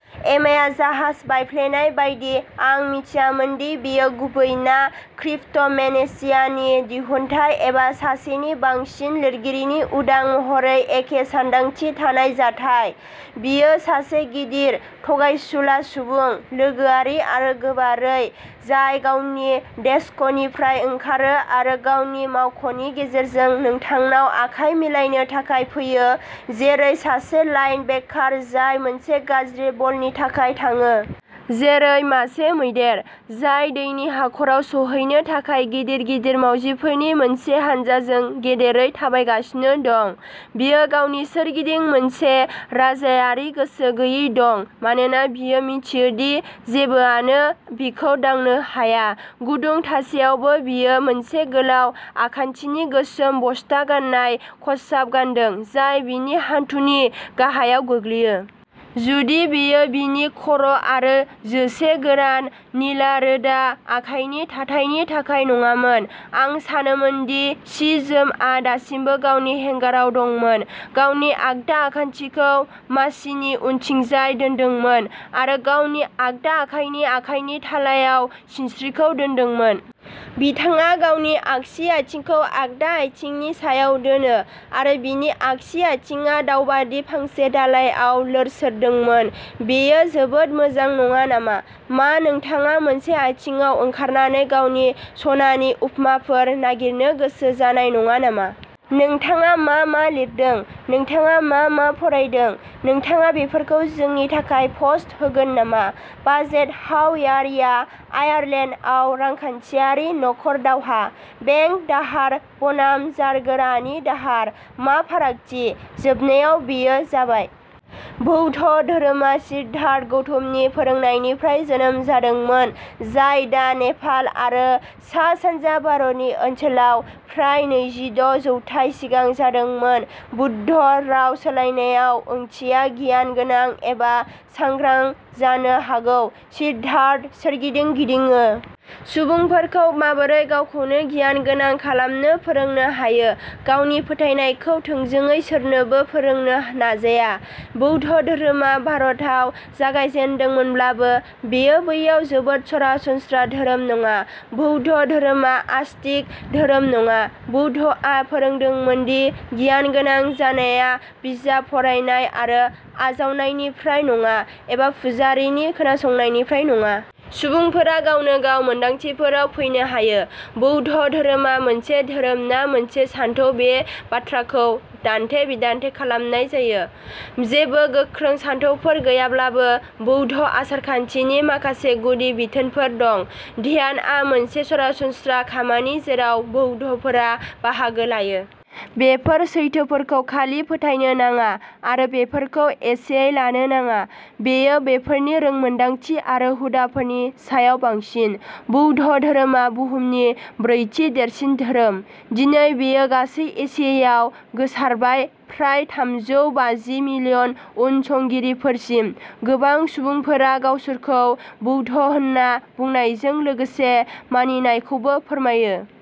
एमाया जाहाज बायफ्लेनाय बायदि, आं मिथियामोन दि बेयो गुबै ना क्रिप्ट'मेनेसियानि दिहुनथाइ एबा सासेनि बांसिन लिरगिरिनि उदां महरै एखे सानदांथि थानाय जाथाय। बियो सासे गिदिर, थगायसुला सुबुं, लोगोआरि आरो गोबारै, जाय गावनि डेस्कनिफ्राय ओंखारो आरो गावनि मावख'नि गेजेरजों नोंथांनाव आखाय मिलायनो थाखाय फैयो, जेरै सासे लाइनबेकार, जाय मोनसे गाज्रि बलनि थाखाय थाङो। जेरै मासे मैदेर, जाय दैनि हाखराव सौहैनो थाखाय गिदिर गिदिर मावजिफोरनि मोनसे हानजाजों गेदेरै थाबायगासिनो दं, बियो गावनि सोरगिदिं मोनसे राजायारि गोसो गैयै दं मानोना बियो मिन्थियो दि जेबोआनो बिखौ दांनो हाया। गुदुं थासेयावबो, बियो मोनसे गोलाव आखान्थिनि गोसोम बस्ता गाननाय खसाब गानदों, जाय बिनि हान्थुनि गाहायाव गोग्लैयो। जुदि बेयो बिनि खर' आरो जोसे गोरान, निला रोदा आखाइनि थाथायनि थाखाय नङामोन, आं सानोमोन दि सि जोमआ दासिमबो गावनि हेंगाराव दंमोन। गावनि आगदा आखान्थिखौ मासिनि उनथिंजाय दोनदोंमोन, आरो गावनि आगदा आखाइनि आखाइनि थालायाव सिनस्रिखौ दोनदोंमोन। बिथाङा गावनि आगसि आथिंखौ आगदा आथिंनि सायाव दोनो, आरो बिनि आगसि आथिंआ दाउबादि फांसे दालाइआव लोरसोरदोंमोन। बेयो जोबोद मोजां नङा नामा? मा नोंथाङा मोनसे आथिंआव ओंखारनानै गावनि सनानि उपमाफोर नागिरनो गोसो जानाय नङा नामा? नोंथाङा मा मा लिरदों? नोंथाङा मा मा फरायदों? नोंथाङा बेफोरखौ जोंनि थाखाय पस्ट होगोन नामा? बाजेट, हाउ आर या? आयारलेन्डआव "रांखान्थियारि नखर दावहा"? बेंक दाहार बनाम जारगोरानि दाहारः मा फारागथि? जोबनायाव, बेयो जाबाय! बौद्ध धोरोमा सिद्धार्थ गौतमनि फोरोंनायनिफ्राय जोनोम जादोंमोन, जाय दा नेपाल आरो सा सानजा भारतनि ओनसोलाव, फ्राय नैजि द' जौथाय सिगां जादोंमोन। बुद्ध, राव सोलायनायाव, ओंथिया "गियानगोनां" एबा "सांग्रां" जानो हागौ। सिद्धार्थ सोरगिदिं गिदिङो। सुबुंफोरखौ माबोरै गावखौनो गियानगोनां खालामनो फोरोंनो हायो, गावनि फोथायनायखौ थोंजोङै सोरनोबो फोरोंनो नाजाया। बौद्ध धोरोमा भारताव जागायजेन्दोंमोनब्लाबो, बेयो बैयाव जोबोद सरासनस्रा धोरोम नङा। बौद्ध धोरोमा आस्तिक धोरोम नङा। बुद्धआ फोरोंदोंमोन दि गियानगोनां जानाया बिजाब फरायनाय आरो आजावनायनिफ्राय नङा, एबा पुजारीनि खोनासंनायनिफ्राय नङा। सुबुंफोरा गावनो गाव मोनदांथिफोराव फैनो हायो। बौद्ध धोरोमा मोनसे धोरोम ना मोनसे सानथौ बे बाथ्राखौ दान्थे बिदान्थे खालामनाय जायो। जेबो गोख्रों सानथौफोर गैयाब्लाबो बौद्ध आसारखान्थिनि माखासे गुदि बिथोनफोर दं। ध्यानआ मोनसे सरासनस्रा खामानि जेराव बौद्धफोरा बाहागो लायो। बेफोर सैथोफोरखौ खालि फोथायनो नाङा आरो बेफोरखौ एसेयै लानो नाङा। बेयो बेफोरनि रोंमोनदांथि आरो हुदाफोरनि सायाव बांसिन। बौद्ध धोरोमा बुहुमनि ब्रैथि देरसिन धोरोम। दिनै बेयो गासै एसियायाव गोसारबाय, फ्राय थामजौ बाजि मिलियन उनसंगिरिफोरसिम। गोबां सुबुंफोरा गावसोरखौ बौद्ध होन्ना बुंनायजों लोगोसे मानिनायखौबो फोरमायो।